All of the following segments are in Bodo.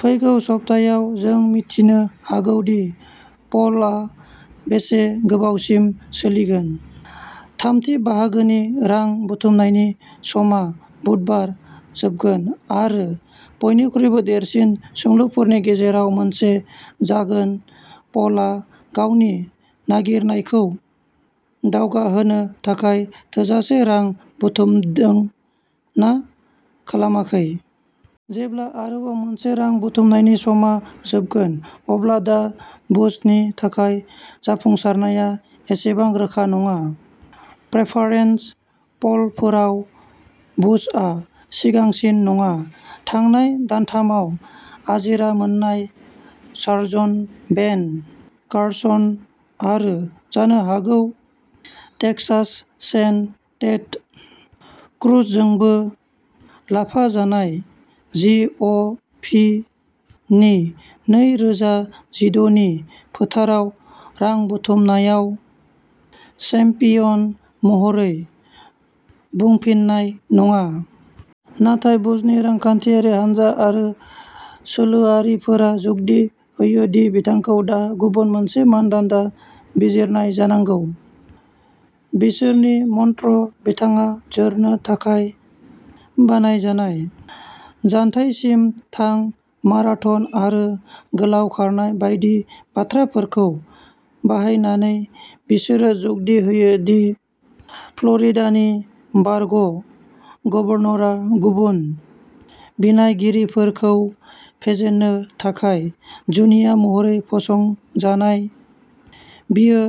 फैगौ सप्तायाव, जों मिथिनो हागौ दि पलआ बेसे गोबावसिम सोलिगोन। थामथि बाहागोनि रां बुथुमनायनि समा बुधबार जोबगोन आरो बयनिख्रुइ देरसिन सोंलुफोरनि गेजेराव मोनसेआ जागोन पलआ गावनि नागिरनायखौ दावगाहोनो थाखाय थोजासे रां बुथुमदों ना खालामाखै। जेब्ला आरोबाव मोनसे रां बुथुमनायनि समआ जोबगोन, अब्ला दा बुसनि थाखाय जाफुंसारनाया एसेबां रोखा नङा। प्रेफारेन्स प'लफोराव बुशआ सिगांसिन नङा, थांनाय दानथामाव आजिरा मोननाय सार्जन बेन कार्सन आरो जानो हागौ टेक्सास सेन टेड क्रुजजोंबो लाफाजानाय जि अ' फि नि नै रोजा जिद' नि फोथाराव रां बुथुमनायाव चेम्पियन महरै बुंफिननाय नङा। नाथाय बुसनि रांखान्थियारि हानजा आरो सोलोआरिफोरा जुक्ति होयो दि बिथांखौ दा गुबुन मोनसे मानदान्दा बिजिरनाय जानांगौ। बिसोरनि मन्त्र बिथाङा जोरनो थाखाय बानायजानाय। जानथायसिम थां माराथन आरो गोलाव खारनाय बायदि बाथ्राफोरखौ बाहायनानै, बिसोरो जुक्ति होयो दि फ्ल'रिडानि बारग' गभर्नरआ गुबुन बिनायगिरिफोरखौ फेजेननो थाखाय जुनिया महरै फसंजानाय, बियो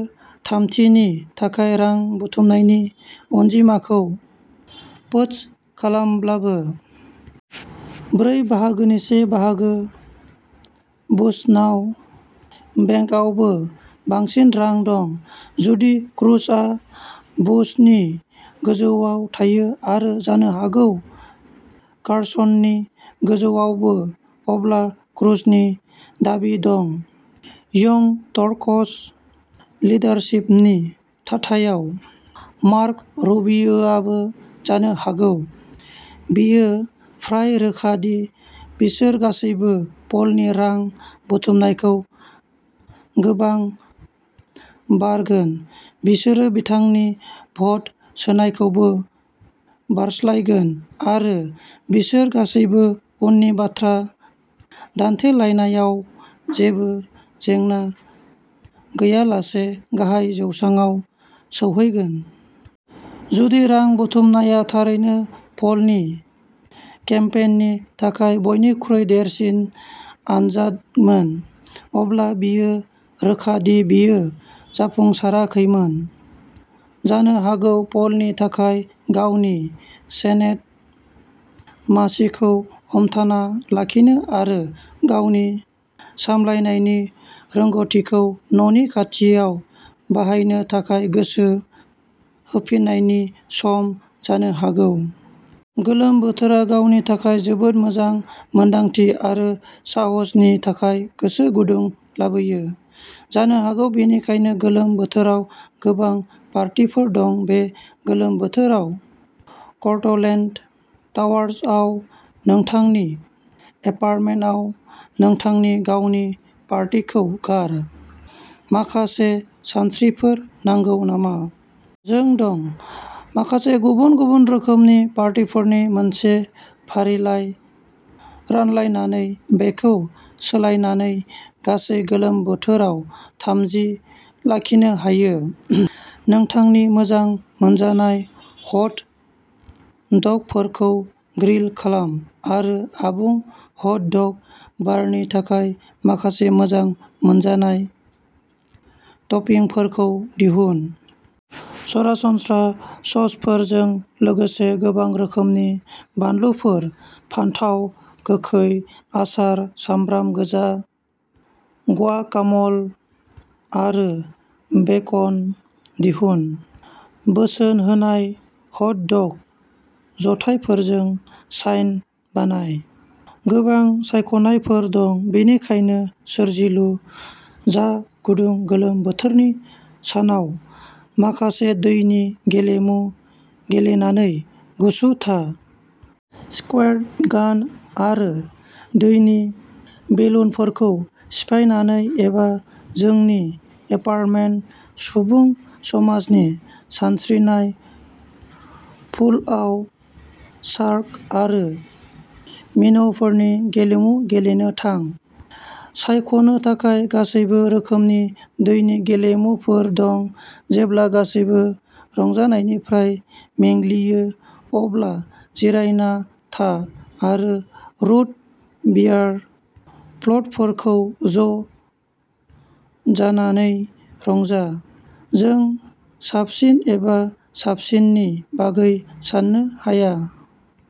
थामथिनि थाखाय रां बुथुमनायनि अनजिमाखौ पोस्ट खालामब्लाबो। ब्रै बाहागोनि से बाहागो। बुशनाव बेंकावबो बांसिन रां दं। जुदि क्रुजआ बुशनि गोजौआव थायो आरो जानो हागौ कार्सननि गोजौआवबो, अब्ला क्रुजनि दाबि दं यंग टर्कस लिडारशिपनि थाथायाव। मार्क'रुबियोआबो जानो हागौ। बेयो फ्राय रोखा दि बिसोर गासैबो पलनि रां बुथुमनायखौ गोबां बारगोन बिसोरो बिथांनि भट सोनायखौबो बारस्लायगोन आरो बिसोर गासैबो उननि बाथ्रा दान्थेलायनायाव जेबो जेंना गैयालासे गाहाय जौसांआव सौहैगोन। जुदि रां बुथुमनाया थारैनो पलनि केम्पेइननि थाखाय बयनिख्रुइ देरसिन आनजादमोन, अब्ला बेयो रोखा दि बेयो जाफुंसाराखैमोन। जानो हागौ पलनि थाखाय गावनि सेनेट मासिखौ हमथाना लाखिनो आरो गावनि सामलायनायनि रोंग'थिखौ न'नि खाथियाव बाहायनो थाखाय गोसो होफिननायनि सम जानो हागौ। गोलोम बोथोरा गावनि थाखाय जोबोद मोजां मोनदांथि आरो साहसनि थाखाय गोसो गुदुं लाबोयो। जानो हागौ बेनिखायनो गोलोम बोथोराव गोबां पार्टीफोर दं बे गोलोम बोथोराव कर्टलेन्ड टावार्सआव नोंथांनि एपार्टमेन्टआव नोंथांनि गावनि पार्टीखौ गार। माखासे सानस्रिफोर नांगौ नामा? जों दं। माखासे गुबुन-गुबुन रोखोमनि पार्टीफोरनि मोनसे फारिलाइ रानलायनानै बेखौ सोलायनानै गासै गोलोम बोथोराव थाजिम लाखिनो हायो। नोंथांनि मोजां मोनजानाय हट डगफोरखौ ग्रिल खालाम आरो आबुं हट डग बारनि थाखाय माखासे मोजां मोनजानाय टपिंफोरखौ दिहुन। सरासनस्रा ससफोरजों लोगोसे गोबां रोखोमनि बानलुफोर, फानथाव गोखै, आसार, सामब्राम गोजा, ग्वाकाम'ल आरो बेकन दिहुन। बोसोन होजानाय हट डग जथायफोरजों साइन बानाय। गोबां सायख'नायफोर दं, बेनिखायनो सोरजिलु जा गुदुं गोलोम बोथोरनि सानाव माखासे दैनि गेलेमु गेलेनानै गुसु था। स्कुइर्ट गान आरो दैनि बेलुनफोरखौ सिफायनानै एबा जोंनि एपार्टमेन्ट सुबुं समाजनि सानस्रिनाय पुलआव शार्क आरो मिन'फोरनि गेलेमु गेलेनो थां। सायख'नो थाखाय गासैबो रोखोमनि दैनि गेलेमुफोर दं जेब्ला गासैबो रंजानायनिफ्राय मेंग्लियो, अब्ला जिरायना था आरो रुट बियार फ्ल'टफोरखौ ज' जानानै रंजा। जों साबसिन एबा साबसिननि बागै साननो हाया।